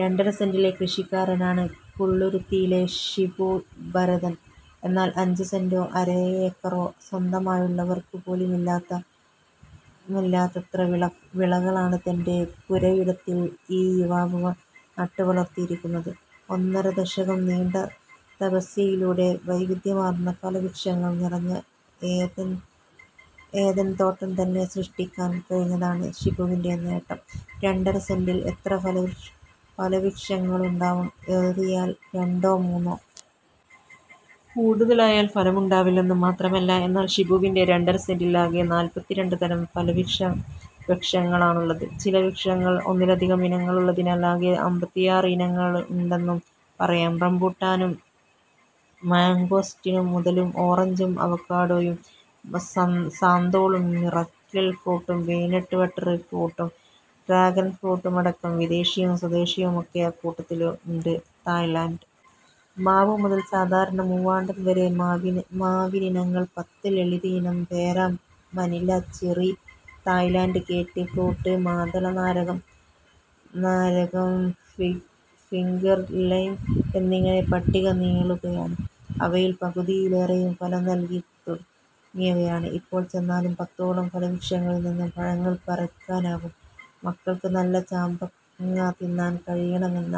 രണ്ടര സെന്റിലെ കൃഷിക്കാരനാണ് പള്ളുരുത്തിയിലെ ഷിബു ഭരതൻ. എന്നാൽ അഞ്ചുസെന്റോ അരയേക്കറോ സ്വന്തമായുള്ളവർക്കുപോലുമില്ലാത്തത്ര വിളകളാണ് തന്റെ പുരയിടത്തിൽ ഈ യുവാവ് നട്ടുവളർത്തിയിരിക്കുന്നത്. ഒന്നര ദശകം നീണ്ട തപസ്യയിലൂടെ വൈവിധ്യമാർന്ന ഫലവൃക്ഷങ്ങൾ നിറഞ്ഞ ഏദൻതോട്ടംതന്നെ സൃഷ്ടിക്കാൻ കഴിഞ്ഞതാണ് ഷിബുവിന്റെ നേട്ടം. രണ്ടര സെന്റിൽ എത്ര ഫലവൃക്ഷങ്ങളുണ്ടാവാം. ഏറിയാൽ രണ്ടോ മൂന്നോ. കൂടുതലായാൽ ഫലമുണ്ടാവില്ലെന്നു മാത്രമല്ലേ. എന്നാൽ ഷിബുവിന്റെ രണ്ടര സെന്റിൽ ആകെ നാൽപ്പത്തിരണ്ട് തരം ഫലവൃക്ഷങ്ങളാണുള്ളത്. ചില വൃക്ഷങ്ങളുടെ ഒന്നിലധികം ഇനങ്ങളുള്ളതിനാൽ ആകെ അമ്പത്തിയാറ് ഇനങ്ങളുണ്ടെന്നും പറയാം. റംബുട്ടാനും മംഗോസ്റ്റിനും മുതൽ ഓറഞ്ചും അവക്കാഡോയും സാന്തോളും മിറക്കിൾ ഫ്രൂട്ടും പീനട്ട് ബട്ടർ ഫ്രൂട്ടും ഡ്രാഗൺ ഫ്രൂട്ടുമടക്കം വിദേശിയും സ്വദേശിയുമൊക്കെ അക്കൂട്ടത്തിലുണ്ട്. തായ്‌ലൻഡ് മാവ് മുതൽ സാധാരണ മൂവാണ്ടൻ വരെ മാവിനങ്ങൾ പത്ത്. ലളിത് ഇനം പേര, മനില ചെറി, തായ്‌ലൻഡ് കേറ്റ് ഫ്രൂട്ട്, മാതളനാരകം, ഫിഗർ ലൈം എന്നിങ്ങനെ പട്ടിക നീളുകയാണ്. അവയിൽ പകുതിയിലേറെയും ഫലം നൽകിത്തുടങ്ങിയവയാണ്. ഇപ്പോൾ ചെന്നാലും പത്തോളം ഫലവൃക്ഷങ്ങളിൽനിന്ന് പഴങ്ങൾ പറിക്കാനാവും. മക്കൾക്ക് നല്ല ചാമ്പങ്ങ തിന്നാൻ കഴിയണമെന്ന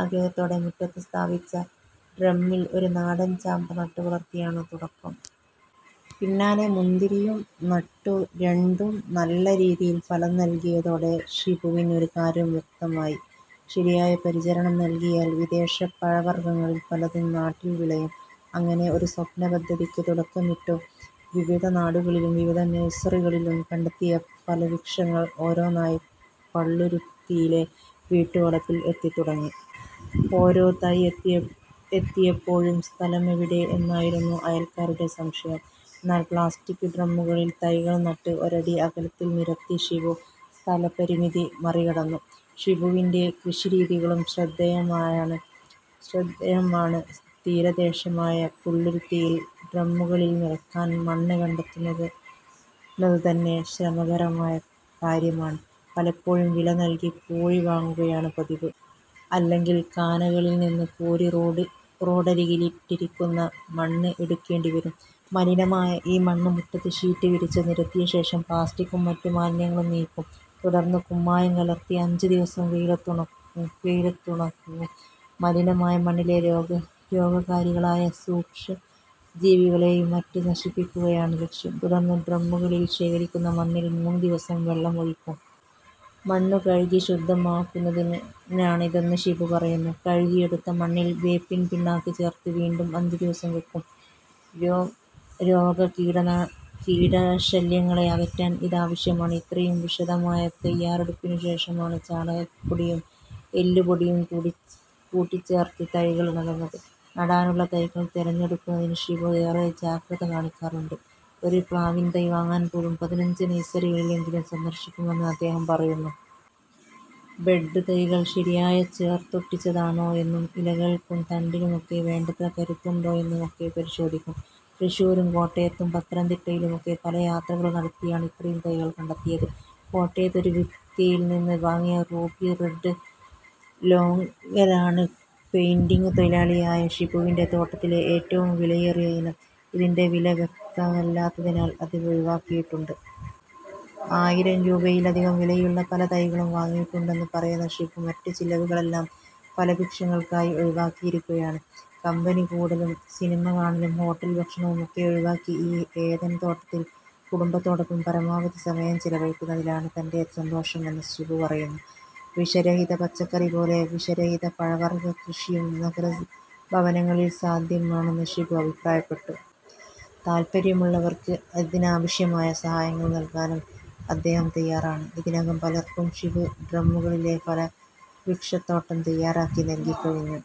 ആഗ്രഹത്തോടെ മുറ്റത്ത് സ്ഥാപിച്ച ഡ്രമ്മിൽ ഒരു നാടൻ ചാമ്പ നട്ടുവളർത്തിയാണ് തുടക്കം. പിന്നാലെ മുന്തിരിയും നട്ടു. രണ്ടും നല്ല രീതിയിൽ ഫലം നൽകിയതോടെ ഷിബുവിന് ഒരു കാര്യം വ്യക്തമായി. ശരിയായ പരിചരണം നൽകിയാൽ വിദേശ പഴവർഗങ്ങളിൽ പലതും നാട്ടിൽ വിളയും. അങ്ങനെ ഒരു സ്വപ്നപദ്ധതിക്ക് തുടക്കമിട്ടു. വിവിധ നാടുകളിലും വിവിധ നഴ്സറികളിലും കണ്ടെത്തിയ ഫലവൃക്ഷങ്ങൾ ഓരോന്നായി പള്ളുരുത്തിയിലെ വീട്ടുവളപ്പിൽ എത്തിത്തുടങ്ങി. ഓരോ തൈ എത്തിയപ്പോഴും സ്ഥലമെവിടെ എന്നായിരുന്നു അയൽക്കാരുടെ സംശയം. എന്നാൽ പ്ലാസ്റ്റിക് ഡ്രമ്മുകളിൽ തൈകൾ നട്ട് ഒരടി അകലത്തിൽ നിരത്തി ഷിബു സ്ഥലപരിമിതി മറികടന്നു. ഷിബുവിന്റെ കൃഷിരീതികളും ശ്രദ്ധേയമാണ്. തീരദേശമായ പള്ളുരുത്തിയിൽ ഡ്രമ്മുകളിൽ നിറയ്ക്കാൻ മണ്ണ് കണ്ടെത്തുന്നതുതന്നെ ശ്രമകരമായ കാര്യമാണ്. പലപ്പോഴും വില നൽകി പൂഴി വാങ്ങുകയാണ് പതിവ്. അല്ലെങ്കിൽ കാനകളിൽനിന്ന് കോരി റോഡരികിലിട്ടിരിക്കുന്ന മണ്ണ് എടുക്കേണ്ടിവരും. മലിനമായ ഈ മണ്ണ് മുറ്റത്ത് ഷീറ്റ് വിരിച്ചു നിരത്തിയശേഷം പ്ലാസ്റ്റിക്കും മറ്റ് മാലിന്യങ്ങളും നീക്കും. തുടർന്ന് കുമ്മായം കലർത്തി അഞ്ച് ദിവസം വെയിലത്തുണങ്ങും. മലിനമായ മണ്ണിലെ രോഗകാരികളായ സൂക്ഷ്മജീവികളെയും മറ്റും നശിപ്പിക്കുകയാണ് ലക്ഷ്യം. തുടർന്ന് ഡ്രമ്മുകളിൽ ശേഖരിക്കുന്ന മണ്ണിൽ മൂന്ന് ദിവസം വെള്ളമൊഴിക്കും. മണ്ണ് കഴുകി ശുദ്ധമാക്കുന്നതിനാണിതെന്ന് ഷിബു പറയുന്നു. കഴുകിയെടുത്ത മണ്ണിൽ വേപ്പിൻപിണ്ണാക്ക് ചേർത്ത് വീണ്ടും അഞ്ച് ദിവസം വയ്ക്കും. രോഗകീടശല്യങ്ങളെ അകറ്റാൻ ഇതാവശ്യമാണ്. ഇത്രയും വിശദമായ തയാറെടുപ്പിനുശേഷമാണ് ചാണകപ്പൊടിയും എല്ലുപൊടിയും കൂടി ചേർത്ത് തൈകൾ നടുന്നത്. നടാനുള്ള തൈകൾ തിരഞ്ഞെടുക്കുന്നതിനും ഷിബു ഏറെ ജാഗ്രത കാണിക്കാറുണ്ട്. ഒരു പ്ലാവിൻതൈ വാങ്ങാൻ പോലും പതിനഞ്ച് നഴ്സറികളെങ്കിലും സന്ദർശിക്കുമെന്ന് അദ്ദേഹം പറയുന്നു. ബഡ് തൈകൾ ശരിയായി ചേർത്തൊട്ടിച്ചതാണോയെന്നും ഇലകൾക്കും തണ്ടിനുമൊക്കെ വേണ്ടത്ര കരുത്തുണ്ടോയെന്നുമൊക്കെ പരിശോധിക്കും. തൃശ്ശൂരും കോട്ടയത്തും പത്തനംതിട്ടയിലുമൊക്കെ പല യാത്രകൾ നടത്തിയാണ് ഇത്രയും തൈകൾ കണ്ടെത്തിയത്. കോട്ടയത്ത് ഒരു വ്യക്തിയിൽനിന്ന് വാങ്ങിയ റൂബി റെഡ് ലോംഗനാണ് പെയിന്റിങ് തൊഴിലാളിയായ ഷിബുവിന്റെ തോട്ടത്തിലെ ഏറ്റവും വിലയേറിയ ഇനം. ഇതിന്റെ വില വ്യക്തമല്ലാത്തതിനാൽ അത് ഒഴിവാക്കിയിട്ടുണ്ട്. ആയിരം രൂപയിലധികം വിലയുള്ള പല തൈകളും വാങ്ങിയിട്ടുണ്ടെന്ന് പറയുന്ന ഷിബു മറ്റു ചെലവുകളെല്ലാം ഫലവൃക്ഷങ്ങൾക്കായി ഒഴിവാക്കിയിരിക്കുകയാണ്. കമ്പനിക്കൂടലും സിനിമ കാണലും ഹോട്ടൽ ഭക്ഷണവുമൊക്കെ ഒഴിവാക്കി ഈ ഏദൻതോട്ടത്തിൽ കുടുംബത്തോടൊപ്പം പരമാവധി സമയം ചെലവഴിക്കുന്നതിലാണ് തന്റെ സന്തോഷമെന്ന് ഷിബു പറയുന്നു. വിഷരഹിത പച്ചക്കറി പോലെ വിഷരഹിത പഴവർഗക്കൃഷിയും നഗരഭവനങ്ങളിൽ സാധ്യമാണെന്ന് ഷിബു അഭിപ്രായപ്പെട്ടു. താൽപര്യമുള്ളവർക്ക് ഇതിനാവശ്യമായ സഹായങ്ങൾ നൽകാനും അദ്ദേഹം തയാറാണ്. ഇതിനകം പലർക്കും ഷിബു ഡ്രമ്മുകളിലെ ഫലവൃക്ഷത്തോട്ടം തയാറാക്കി നൽകിക്കഴിഞ്ഞു.